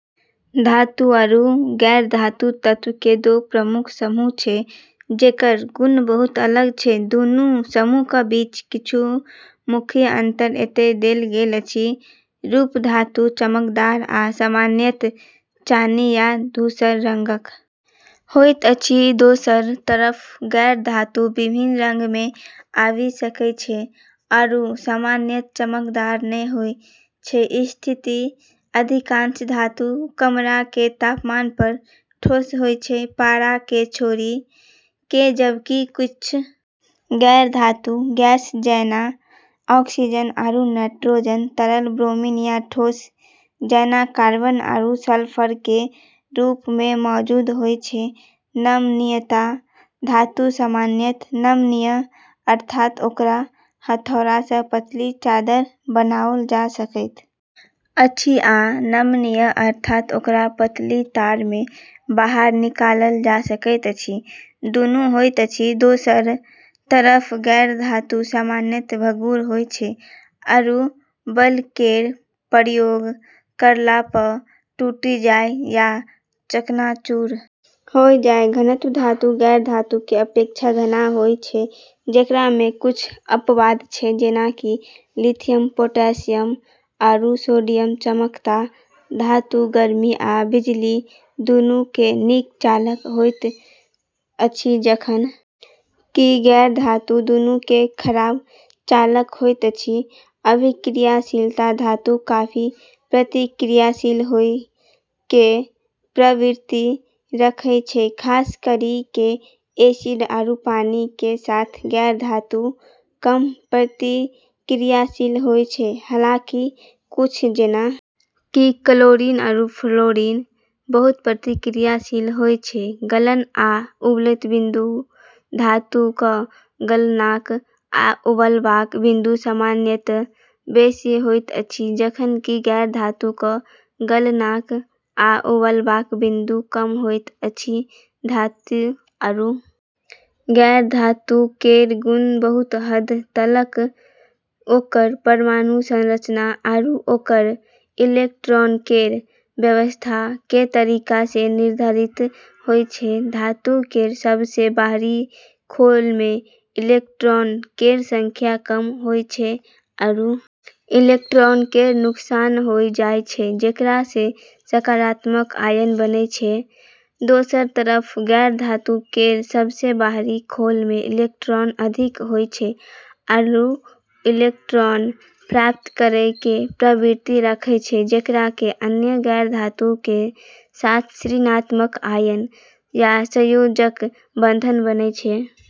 धातु आरू गैर-धातु तत्वऽ के दू प्रमुख समूह छै जेकरऽ गुण बहुत अलग छै, दूनू समूहक बीच किछु मुख्य अंतर एतय देल गेल अछि, रूप धातु चमकदार आ सामान्यत चानी या धूसर रंगक होइत अछि दोसरऽ तरफ गैर-धातु विभिन्न रंगऽ मे आबी सकै छै आरू सामान्यत चमकदार नै होय छै, स्थिति अधिकांश धातु कमरा के तापमान पर ठोस होय छै पारा के छोड़ी के जबकि कुछ गैर-धातु गैस जैना ऑक्सीजन आरू नाइट्रोजन तरल ब्रोमीन या ठोस जैना कार्बन आरू सल्फर के रूप मे मौजूद होय छै, नमनीयता धातु सामान्यत नमनीय अर्थात ओकरा हथौड़ा सँ पतली चादर बनाओल जा सकैत अछि आ नमनीय अर्थात ओकरा पतली तार मे बाहर निकालल जा सकैत अछि दुनू होइत अछि दोसरऽ तरफ गैर-धातु सामान्यत भंगुर होय छै आरू बल केरऽ प्रयोग करला प॑ टूटी जाय या चकनाचूर होय जाय, घनत्व धातु गैर-धातु के अपेक्षा घना होय छै जेकरा मे कुछ अपवाद छै जेना कि लिथियम, पोटेशियम आरू सोडियम चालकता धातु गर्मी आ बिजली दुनू के नीक चालक होइत अछि जखन कि गैर-धातु दुनू के खराब चालक होइत अछि अभिक्रियाशीलता धातु काफी प्रतिक्रियाशील होय के प्रवृत्ति रखै छै खास करी के एसिड आरू पानी के साथ गैर-धातु कम प्रतिक्रियाशील होय छै, हालांकि कुछ जेना कि क्लोरीन आरू फ्लोरीन, बहुत प्रतिक्रियाशील होय छै, गलन आ उबलैत बिन्दु धातुक गलनांक आ उबलबाक बिन्दु सामान्यतः बेसी होइत अछि जखन कि गैर-धातुक गलनांक आ उबलबाक बिन्दु कम होइत अछि धातु आरू गैर-धातु केरऽ गुण बहुत हद तलक ओकरऽ परमाणु संरचना आरू ओकरऽ इलेक्ट्रॉन केरऽ व्यवस्था के तरीका से निर्धारित होय छै, धातु केरऽ सबसें बाहरी खोल मे इलेक्ट्रॉन केरऽ संख्या कम होय छै आरू इलेक्ट्रॉन केरऽ नुकसान होय जाय छै जेकरा से सकारात्मक आयन बने छै, दोसरऽ तरफ गैर-धातु केरऽ सबसें बाहरी खोल मे इलेक्ट्रॉन अधिक होय छै आरू इलेक्ट्रॉन प्राप्त करै के प्रवृत्ति रखै छै जेकरा से अन्य गैर-धातु के साथ ऋणात्मक आयन या सहसंयोजक बंधन बने छै।